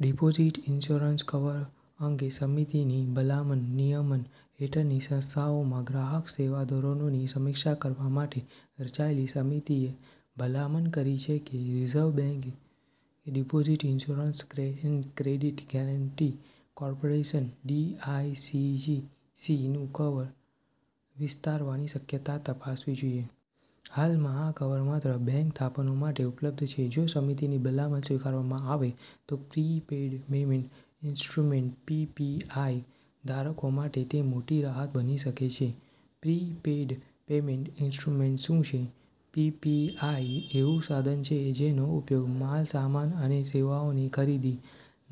Deposit insurance cover અંગે સમિતિની ભલામણ, નિયમન હેઠળની સંસ્થાઓમાં ગ્રાહક સેવા ધોરણોની સમીક્ષા કરવા માટે રચાયેલી સમિતિએ ભલામણ કરી છે કે રિઝર્વ બેંકે deposit insurance and credit guarantee corporation (ડીઆઈસીજીસી)નું કવર વિસ્તારવાની શક્યતા તપાસવી જોઈએ. હાલમાં આ કવર માત્ર બેંક થાપણો માટે ઉપલબ્ધ છે. જો સમિતિની ભલામણ સ્વીકારવામાં આવે, તો પ્રીપેઇડ પેમેન્ટ ઇન્સ્ટ્રુમેન્ટ (પીપીઆઈ) ધારકો માટે તે મોટી રાહત બની શકે છે. પ્રીપેઇડ પેમેન્ટ ઇન્સ્ટ્રુમેન્ટ શું છે? પીપીઆઈ એવું સાધન છે, જેનો ઉપયોગ માલસામાન અને સેવાઓની ખરીદી,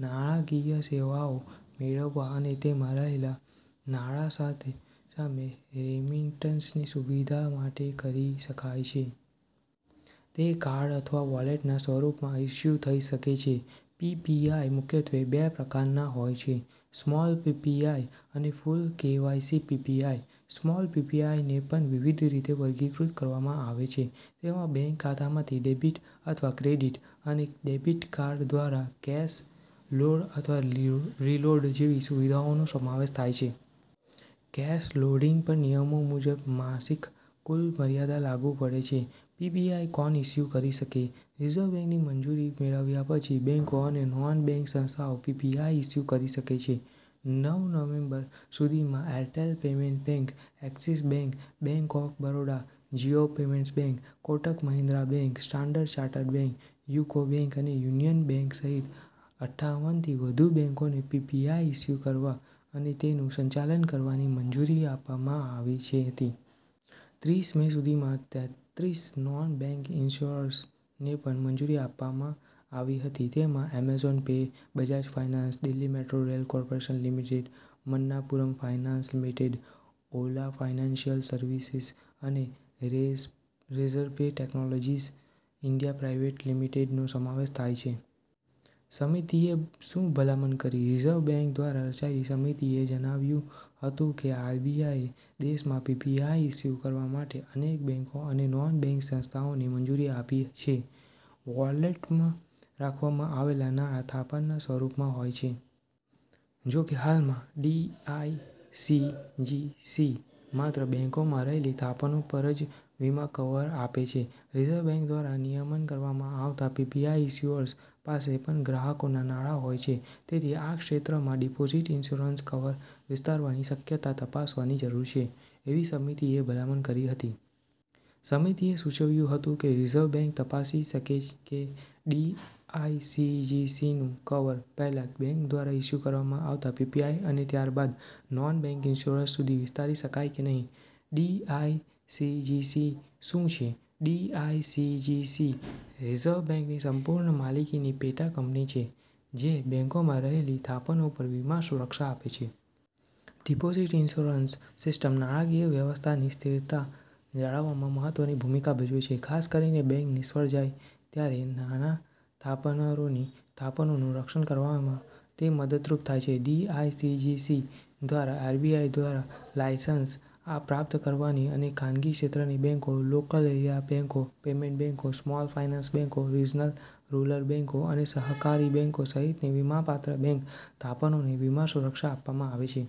નાણાકીય સેવાઓ મેળવવા અને તેમાં રહેલા નાણાં સામે રેમિટન્સની સુવિધા માટે કરી શકાય છે. તે કાર્ડ અથવા વૉલેટના સ્વરૂપમાં ઇશ્યૂ થઈ શકે છે. પીપીઆઈ મુખ્યત્વે બે પ્રકારના હોય છે, સ્મોલ પીપીઆઈ અને ફુલ-કેવાયસી પીપીઆઈ. સ્મોલ પીપીઆઈને પણ વિવિધ રીતે વર્ગીકૃત કરવામાં આવે છે. તેમાં બેંક ખાતામાંથી ડેબિટ અથવા ક્રેડિટ અને ડેબિટ કાર્ડ દ્વારા કેશ લોડ અથવા રીલોડ જેવી સુવિધાઓનો સમાવેશ થાય છે. કેશ લોડિંગ પર નિયમો મુજબ માસિક કુલ મર્યાદા લાગુ પડે છે. પીપીઆઈ કોણ ઇશ્યૂ કરી શકે? રિઝર્વ બેંકની મંજૂરી મેળવ્યા પછી બેંકો અને નોન-બેંક સંસ્થાઓ પીપીઆઈ ઇશ્યૂ કરી શકે છે. નવ નવેમ્બર સુધીમાં Airtel payments bank, Axis bank, bank of Baroda, Jio payments bank, Kotak Mahindra bank, standard chartered bank, UCO bank અને યુનિયન બેંક સહિત અઠાવન થી વધુ બેંકોને પીપીઆઈ ઇશ્યૂ કરવા અને તેનું સંચાલન કરવાની મંજૂરી આપવામાં આવી છે હતી. ત્રીસ મે સુધીમાં તેત્રીસ નોન-બેંક ઇશ્યુઅર્સને પણ મંજૂરી આપવામાં આવી હતી. તેમાં Amazon pay, Bajaj finance, Delhi metro rail corporation limited, Manappuram finance limited, Ola financial services અને રેઝરપે ટેક્નોલોજીસ ઇન્ડિયા પ્રાઇવેટ લિમિટેડનો સમાવેશ થાય છે. સમિતિએ શું ભલામણ કરી? રિઝર્વ બેંક દ્વારા રચાયેલી સમિતિએ જણાવ્યું હતું કે આરબીઆઈએ દેશમાંપીપીઆઈ ઇશ્યૂ કરવા માટે અનેક બેંકો અને નોન-બેંક સંસ્થાઓને મંજૂરી આપી છે. વૉલેટમાં રાખવામાં આવેલા નાણાં થાપણના સ્વરૂપમાં હોય છે. જોકે, હાલમાં ડીઆઈસીજીસી માત્ર બેંકોમાં રહેલી થાપણો પર જ વીમા કવર આપે છે. રિઝર્વ બેંક દ્વારા નિયમન કરવામાં આવતા પીપીઆઈ ઇશ્યુઅર્સ પાસે પણ ગ્રાહકોના નાણાં હોય છે. તેથી આ ક્ષેત્રમાં ડિપોઝિટ ઇન્શ્યોરન્સ કવર વિસ્તારવાની શક્યતા તપાસવાની જરૂર છે, એવી સમિતિએ ભલામણ કરી હતી. સમિતિએ સૂચવ્યું હતું કે રિઝર્વ બેંક તપાસી શકે કે ડીઆઈસીજીસીનું કવર પહેલા બેંક દ્વારા ઇશ્યૂ કરવામાં આવતા પીપીઆઈ અને ત્યારબાદ નોન-બેંક ઇશ્યુઅર્સ સુધી વિસ્તારી શકાય કે નહીં. ડીઆઈસીજીસી શું છે? ડીઆઈસીજીસી રિઝર્વ બેંકની સંપૂર્ણ માલિકીની પેટાકંપની છે, જે બેંકોમાં રહેલી થાપણો પર વીમા સુરક્ષા આપે છે. ડિપોઝિટ ઇન્શ્યોરન્સ સિસ્ટમ નાણાકીય વ્યવસ્થાની સ્થિરતા જાળવવામાં મહત્વની ભૂમિકા ભજવે છે. ખાસ કરીને બેંક નિષ્ફળ જાય ત્યારે નાના થાપણદારોની થાપણોનું રક્ષણ કરવામાં તે મદદરૂપ થાય છે. ડીઆઈસીજીસી દ્વારા આરબીઆઈ દ્વારા લાઇસન્સ પ્રાપ્ત સરકારી અને ખાનગી ક્ષેત્રની બેંકો, લોકલ એરિયા બેંકો, પેમેન્ટ બેંકો, સ્મોલ ફાઇનાન્સ બેંકો, રિજનલ રૂરલ બેંકો અને સહકારી બેંકો સહિતની વીમાપાત્ર બેંક થાપણોને વીમા સુરક્ષા આપવામાં આવે છે.